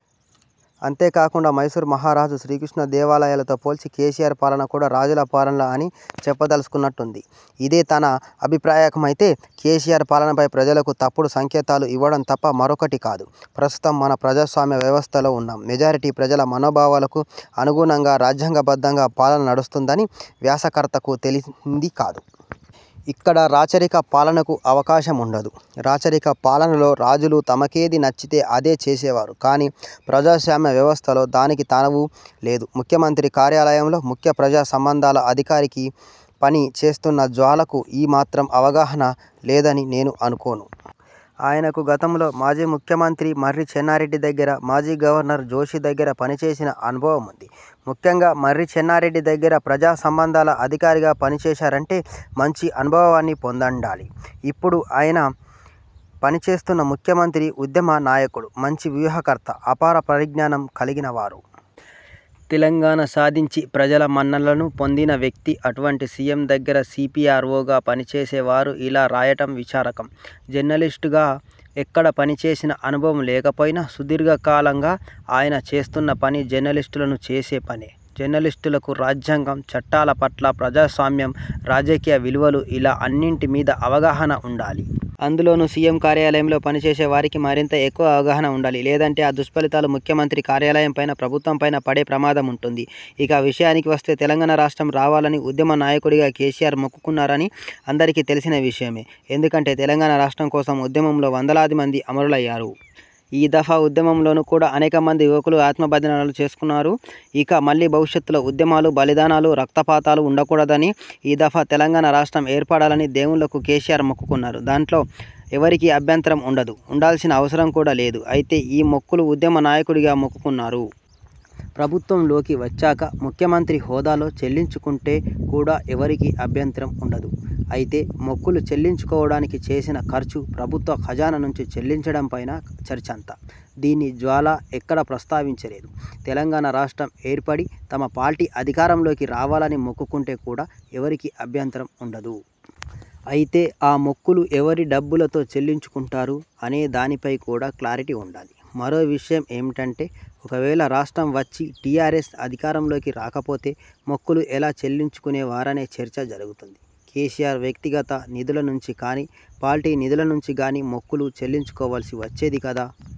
అంతే కాకుండా మైసూర్ మహారాజు, శ్రీకృష్ణ దేవరాయలతో పోల్చి కేసీఆర్ పాలన కూడా రాజుల పాలన అని చెప్పదలుచుకున్నట్లుంది. ఇదే తన అభిప్రాయమైతే కేసీఆర్ పాలనపై ప్రజలకు తప్పుడు సంకేతాలు ఇవ్వడం తప్ప మరొకటి కాదు. ప్రస్తుతం మనం ప్రజాస్వామ్య వ్యవస్థలో ఉన్నాం. మెజార్టీ ప్రజల మనోభావాలకు అనుగుణంగా రాజ్యాంగబద్ధంగా పాలన నడుస్తుందని వ్యాసకర్తకు తెలియంది కాదు. ఇక్కడ రాచరిక పాలనకు అవకాశం ఉండదు. రాచరిక పాలనలో రాజులు తమకేది నచ్చితే అదే చేసేవారు. కానీ ప్రజాస్వామ్య వ్యవస్థలో దానికి తావు లేదు. ముఖ్యమంత్రి కార్యాలయంలో ముఖ్య ప్రజా సంబంధాల అధికారిగా పని చేస్తున్న జ్వాలాకు ఈ మాత్రం అవగాహన లేదని నేను అనుకోను. ఆయనకు గతంలో మాజీ ముఖ్యమంత్రి మర్రి చెన్నారెడ్డి దగ్గర, మాజీ గవర్నర్ జోషి దగ్గర పని చేసిన అనుభవం ఉంది. ముఖ్యంగా మర్రి చెన్నారెడ్డి దగ్గర ప్రజాసంబంధాల అధికారిగా పనిచేశారంటే మంచి అనుభవాన్ని పొందుండాలి. ఇప్పుడు ఈయన పనిచేస్తున్న ముఖ్యమంత్రి ఉద్యమ నాయకుడు, మంచి వ్యూహకర్త, అపార పరిజ్ఞానం కలిగినవారు. తెలంగాణను సాధించి ప్రజల మన్ననలను పొందిన వ్యక్తి. అటువంటి సీఎం దగ్గర సీపీఆర్వోగా పనిచేసే వారు ఇలా రాయటం విచారకరం. జర్నలిస్టుగా ఎక్కడా పనిచేసిన అనుభవం లేకపోయినా, సుదీర్ఘకాలంగా ఆయన చేస్తున్న పని జర్నలిస్టులు చేసే పనే. జర్నలిస్టులకు రాజ్యాంగం, చట్టాల పట్లా, ప్రజాస్వామ్యం, రాజకీయ విలువలు ఇలా అన్నింటి మీద అవగాహన ఉండాలి. అందులోనూ సీఎం కార్యాలయంలో పనిచేసే వారికి మరింత ఎక్కువ అవగాహన ఉండాలి. లేదంటే ఆ దుష్ఫలితాలు ముఖ్యమంత్రి కార్యాలయంపైనా, ప్రభుత్వంపైనా పడే ప్రమాదముంటుంది. ఇక విషయానికి వస్తే తెలంగాణ రాష్ట్రం రావాలని ఉద్యమ నాయకు డిగా కేసీఆర్ మొక్కుకున్నారని అందరికీ తెలిసిన విషయమే. ఎందుకంటే తెలంగాణ రాష్ట్రం కోసం ఉద్యమంలో వందలాది మంది అమరులయ్యారు. ఈ దఫా ఉద్యమంలో కూడా అనేక మంది యువకులు ఆత్మబలిదానాలు చేసుకున్నారు. ఇక మళ్లీ భవిష్యత్తులో ఉద్యమాలు, బలిదానాలు, రక్తపాతాలు ఉండకూడదని ఈ ధఫా తెలంగాణ రాష్ట్రం ఏర్పడాలని దేవుళ్లకు కేసీఆర్ మొక్కుకున్నారు. దీంట్లో ఎవరికీ అభ్యంతరం ఉండదూ, ఉండాల్సిన అవసరం కూడా లేదు. అయితే ఈ మొక్కులు ఉద్యమ నాయకుడిగా మొక్కుకున్నారు. ప్రభుత్వంలోకి వచ్చాక ముఖ్యమంత్రి హోదాలో చెల్లించుకుంటే కూడా ఎవరికీ అభ్యంతరం ఉండదు. అయితే మొక్కులు చెల్లించుకోవడానికి చేసిన ఖర్చు ప్రభుత్వ ఖజానా నుంచి చెల్లించడంపైనే చర్చంతా. దీన్ని జ్వాలా ఎక్కడా ప్రస్తావించలేదు. తెలంగాణ రాష్ట్రం ఏర్పడి తమ పార్టీ అధికారంలోకి రావాలని మొక్కుకుంటే కూడా ఎవరికీ అభ్యంతరం ఉండదు. అయితే ఆ మొక్కులు ఎవరి డబ్బులతో చెల్లించుకుంటారు అనే దానిపై కూడా క్లారిటీ ఉండాలి. మరో విషయం ఏంటంటే, ఒకవేళ రాష్ట్రం వచ్చి టీఆర్ఎస్ అధికారంలోకి రాకపోతే మొక్కులు ఎలా చెల్లించుకునే వారనే చర్చ జరుగుతుంది. కేసీఆర్ వ్యక్తిగత నిధుల నుంచి కానీ, పార్టీ నిధుల నుంచి కానీ మొక్కులు చెల్లించుకోవాల్సి వచ్చేది కదా?